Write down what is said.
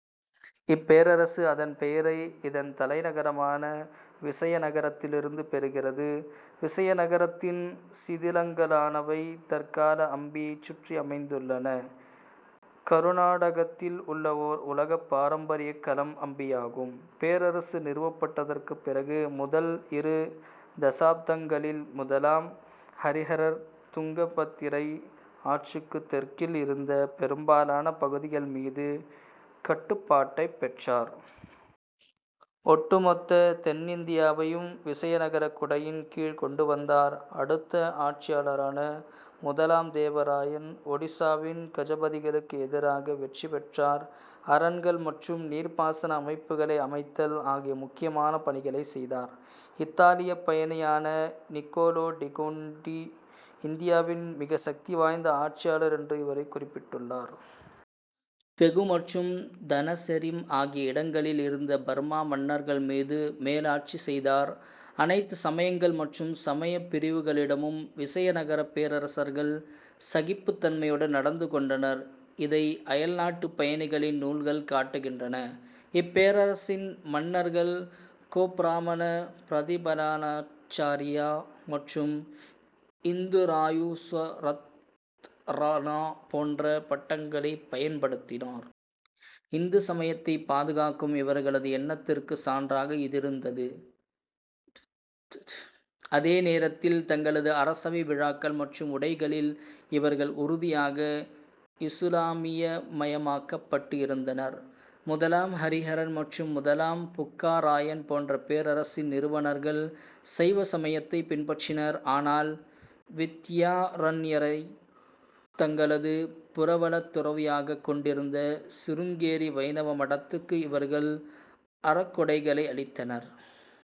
இப்பேரரசு அதன் பெயரை இதன் தலைநகரமான விசயநகரத்திலிருந்து பெறுகிறது. விசயநகரத்தின் சிதிலங்களானவை தற்கால அம்பியைச் சுற்றி அமைந்துள்ளன. கருநாடகத்தில் உள்ள ஓர் உலகப் பாரம்பரியக் களம் அம்பியாகும். பேரரசு நிறுவப்பட்டதற்குப் பிறகு முதல் இரு தசாப்தங்களில் முதலாம் ஹரிஹரர் துங்கபத்திரை ஆற்றுக்குத் தெற்கில் இருந்த பெரும்பாலான பகுதிகள் மீது கட்டுப்பாட்டைப் பெற்றார். ஒட்டு மொத்த தென்னிந்தியாவையும் விசயநகரக் குடையின் கீழ் கொண்டு வந்தார். அடுத்த ஆட்சியாளரான முதலாம் தேவ ராயன் ஒடிசாவின் கஜபதிகளுக்கு எதிராக வெற்றி பெற்றார். அரண்கள் மற்றும் நீர்ப்பாசன அமைப்புகளை அமைத்தல் ஆகிய முக்கியமான பணிகளைச் செய்தார். இத்தாலியப் பயணியான நிக்கோலோ டி கோண்டி இந்தியாவின் மிக சக்தி வாய்ந்த ஆட்சியாளர் என்று இவரைக் குறிப்பிட்டுள்ளார். பெகு மற்றும் தனசெரிம் ஆகிய இடங்களில் இருந்த பர்மா மன்னர்கள் மீது மேலாட்சி செய்தார். அனைத்து சமயங்கள் மற்றும் சமயப் பிரிவுகளிடமும் விசயநகரப் பேரரசர்கள் சகிப்புத் தன்மையுடன் நடந்து கொண்டனர். இதை அயல்நாட்டுப் பயணிகளின் நூல்கள் காட்டுகின்றன. இப்பேரரசின் மன்னர்கள் கோப்ராமண பிரதிபலனாச்சார்யா மற்றும் இந்துராயசுரத்ரனா போன்ற பட்டங்களைப் பயன்படுத்தினர். இந்து சமயத்தைப் பாதுகாக்கும் இவர்களது எண்ணத்திற்கு சான்றாக இது இருந்த்து. அதே நேரத்தில், தங்களது அரசவை விழாக்கள் மற்றும் உடைகளில் இவர்கள் உறுதியாக இசுலாமியமயமாக்கப்பட்டு இருந்தனர். முதலாம் ஹரிஹரன் மற்றும் முதலாம் புக்கா ராயன் போன்ற பேரரசின் நிறுவனர்கள் சைவ சமயத்தைப் பின்பற்றினர். ஆனால், வித்யாரண்யரைத் தங்களது புரவலத் துறவியாகக் கொண்டிருந்த சிருங்கேரி வைணவ மடத்துக்கு இவர்கள் அறக்கொடைகளை அளித்தனர்.